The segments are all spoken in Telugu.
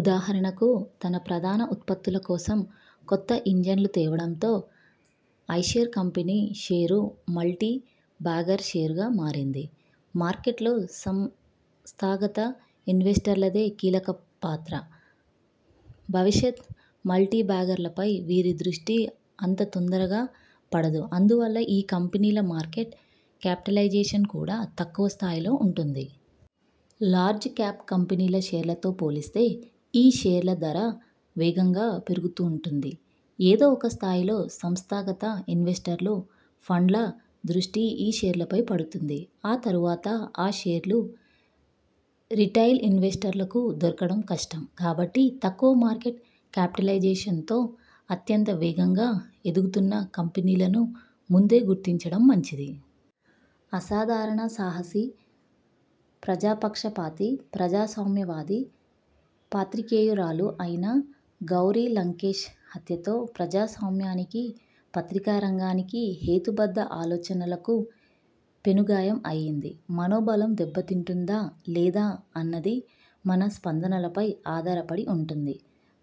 ఉదాహరణకు తన ప్రధాన ఉత్పత్తుల కోసం కొత్త ఇంజన్లుతేవడంతో Eicher company share multibagger షేరుగా మారింది. మార్కెట్లో సంస్థాగత ఇన్వెస్టర్లదే కీలక పాత్ర. భవిష్యత మల్టీబ్యాగర్లపై వీరి దృష్టి అంతతొందరగా పడదు. అందువల్ల ఈ కంపెనీల మార్కెట్ క్యాపిటలైజేషన్ కూడా తక్కువ స్థాయిలో ఉంటుంది. లార్జ్ క్యాప్ కంపెనీల షేర్లతో పోలిస్తే ఈ షేర్ల ధర వేగంగా పెరుగుతుంటుంది. ఏదో ఒక స్థాయిలో సంస్థాగత ఇన్వెస్టర్లు, ఫండ్ల దృష్టి ఈ షేర్లపై పడుతుంది. ఆ తర్వాత ఆ షేర్లు రిటైల్ ఇన్వెస్టర్లకు దొరకడం కష్టం. కాబట్టి తక్కువ మార్కెట్ క్యాపిటలైజేషన్తో అత్యంత వేగంగా ఎదుగుతున్న కంపెనీలను ముందే గుర్తించడం మంచిది. అసాధారణ సాహసి, ప్రజాపక్షపాతి, ప్రజాస్వామ్యవాది, పాత్రికేయురాలు అయిన గౌరీ లంకేశ్ హత్యతో ప్రజాస్వామ్యానికి, పత్రికారంగానికి, హేతుబద్ధ ఆలోచనలకు పెనుగాయం అయింది. మనోబలం దెబ్బతింటుందా లేదా అన్నది మన స్పందనలపై ఆధారపడి ఉంటుంది.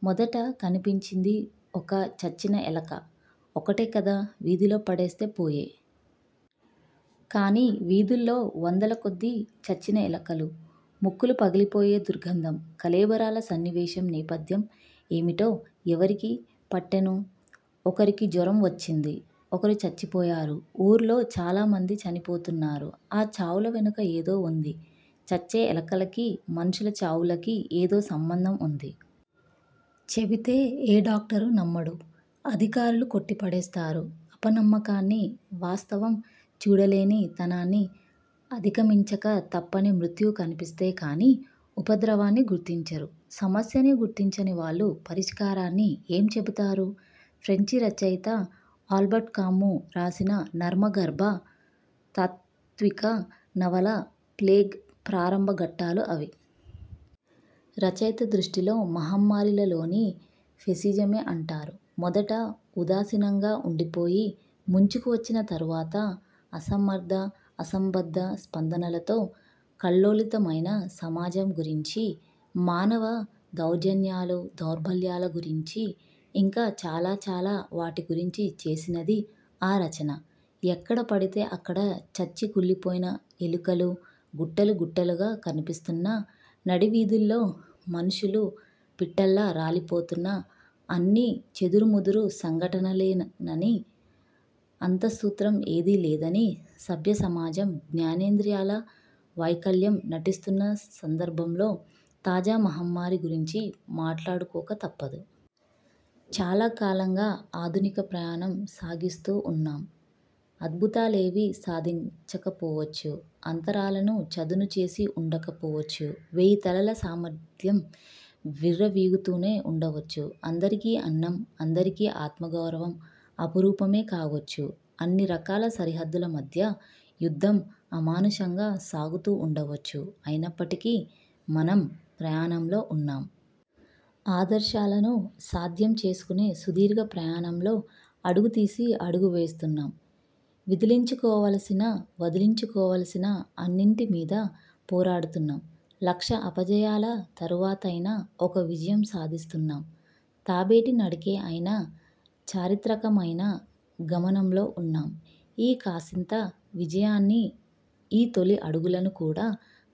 ''మొదట కనిపించింది ఒక చచ్చిన ఎలక. ఒకటే కదా, వీధిలో పడేస్తే పోయె. కానీ, వీధుల్లో వందల కొద్దీ చచ్చిన ఎలుకలు. ముక్కులు పగిలిపోయే దుర్గంధం. కళేబరాల సన్నివేశం నేపథ్యం ఏమిటో ఎవరికి పట్టేను? ఒకరికి జొరం వచ్చింది. ఒకరు చచ్చిపోయారు. ఊళ్లో చాలా మంది చనిపోతున్నారు. ఆ చావుల వెనుక ఏదో ఉన్నది. చచ్చే ఎలకలకీ మనుషుల చావులకీ ఏదో సంబంధం ఉన్నది. చెబితే ఏ డాక్టరూ నమ్మడు, అధికారులు కొట్టి పడేస్తారు. అపనమ్మకాన్ని, వాస్తవం చూడలేని తనాన్ని అధిగమించక తప్పని మృత్యువు కనిపిస్తే కానీ, ఉపద్రవాన్ని గుర్తించరు. సమస్యనే గుర్తించనివాళ్లు పరిష్కారాన్ని ఏమి చెబుతారు? '' ఫ్రెంచి రచయిత అల్బర్ట్ కామూ రాసిన నర్మగర్భ, తాత్విక నవల 'ప్లేగ్' ప్రారంభఘట్టాలు అవి. రచయిత దృష్టిలో మహమ్మారి లలోని ఫాసిజమే అంటారు. మొదట ఉదాసీనంగా ఉండిపోయి, ముంచుకువచ్చిన తరువాత అసమర్థ అసంబద్ధ స్పందనలతో కల్లోలితమైన సమాజం గురించి, మానవ దౌర్జన్యాలు దౌర్బల్యాల గురించి, ఇంకా చాలా చాలా వాటి గురించి చేసినది ఆ రచన. ఎక్కడ బడితే అక్కడ చచ్చి కుళ్లిపోయిన ఎలుకలు గుట్టలు గుట్టలుగా కనిపిస్తున్నా, నడివీధుల్లో మనుషులు పిట్టల్లా రాలిపోతున్నా అన్నీ చెదురుమదురు సంఘటనలేనని, అంతస్సూత్రం ఏదీ లేదని 'సభ్య సమాజం' జ్ఞానేంద్రియాల వైకల్యం నటిస్తున్న సందర్భంలో, తాజా మహమ్మారి గురించి మాట్లాడుకోక తప్పదు. చాలా కాలంగా ఆధునిక ప్రయాణం సాగిస్తూ ఉన్నాం. అద్భుతాలేవీ సాధించకపోవచ్చు. అంతరాలను చదును చేసి ఉండకపోవచ్చు. వేయితలల స్వామర్థం విర్రవీగుతూనే ఉండవచ్చు. అందరికీ అన్నం, అందరికీ ఆత్మగౌరవం అపురూపమే కావచ్చు. అన్ని రకాల సరిహద్దుల మధ్య యుద్ధం అమానుషంగా సాగుతూ ఉండవచ్చు. అయినప్పటికీ, మనం ప్రయాణంలో ఉన్నాం. ఆదర్శాలను సాధ్యం చేసుకునే సుదీర్ఘ ప్రయాణంలో అడుగుతీసి అడుగు వేస్తున్నాం. విదిలించుకోవలసిన, వదిలించుకోవలసిన అన్నిటి మీదా పోరాడుతున్నాం. లక్ష అపజయాల తరువాతైనా ఒక విజయం సాధిస్తున్నాం. తాబేటి నడకే అయినా, చారిత్రకమయిన గమనంలో ఉన్నాం ఈ కాసింత విజయాన్ని, ఈ తొలి అడుగులను కూడా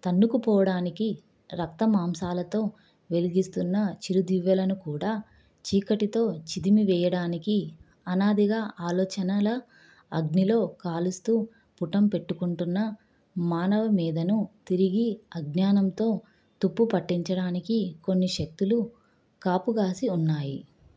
తన్నుకుపోవడానికి, రక్తమాంసాలతో వెలిగిస్తున్న చిరుదివ్వెలను కూడా చీకటితో చిదిమివేయడానికి, అనాదిగా ఆలోచనల అగ్గిలో కాలుస్తూ పుటం పెట్టుకుంటున్న మానవమేధను తిరిగి అజ్ఞానంతో తుప్పుపట్టించడానికి కొన్ని శక్తులు కాపుగాసి ఉన్నాయి.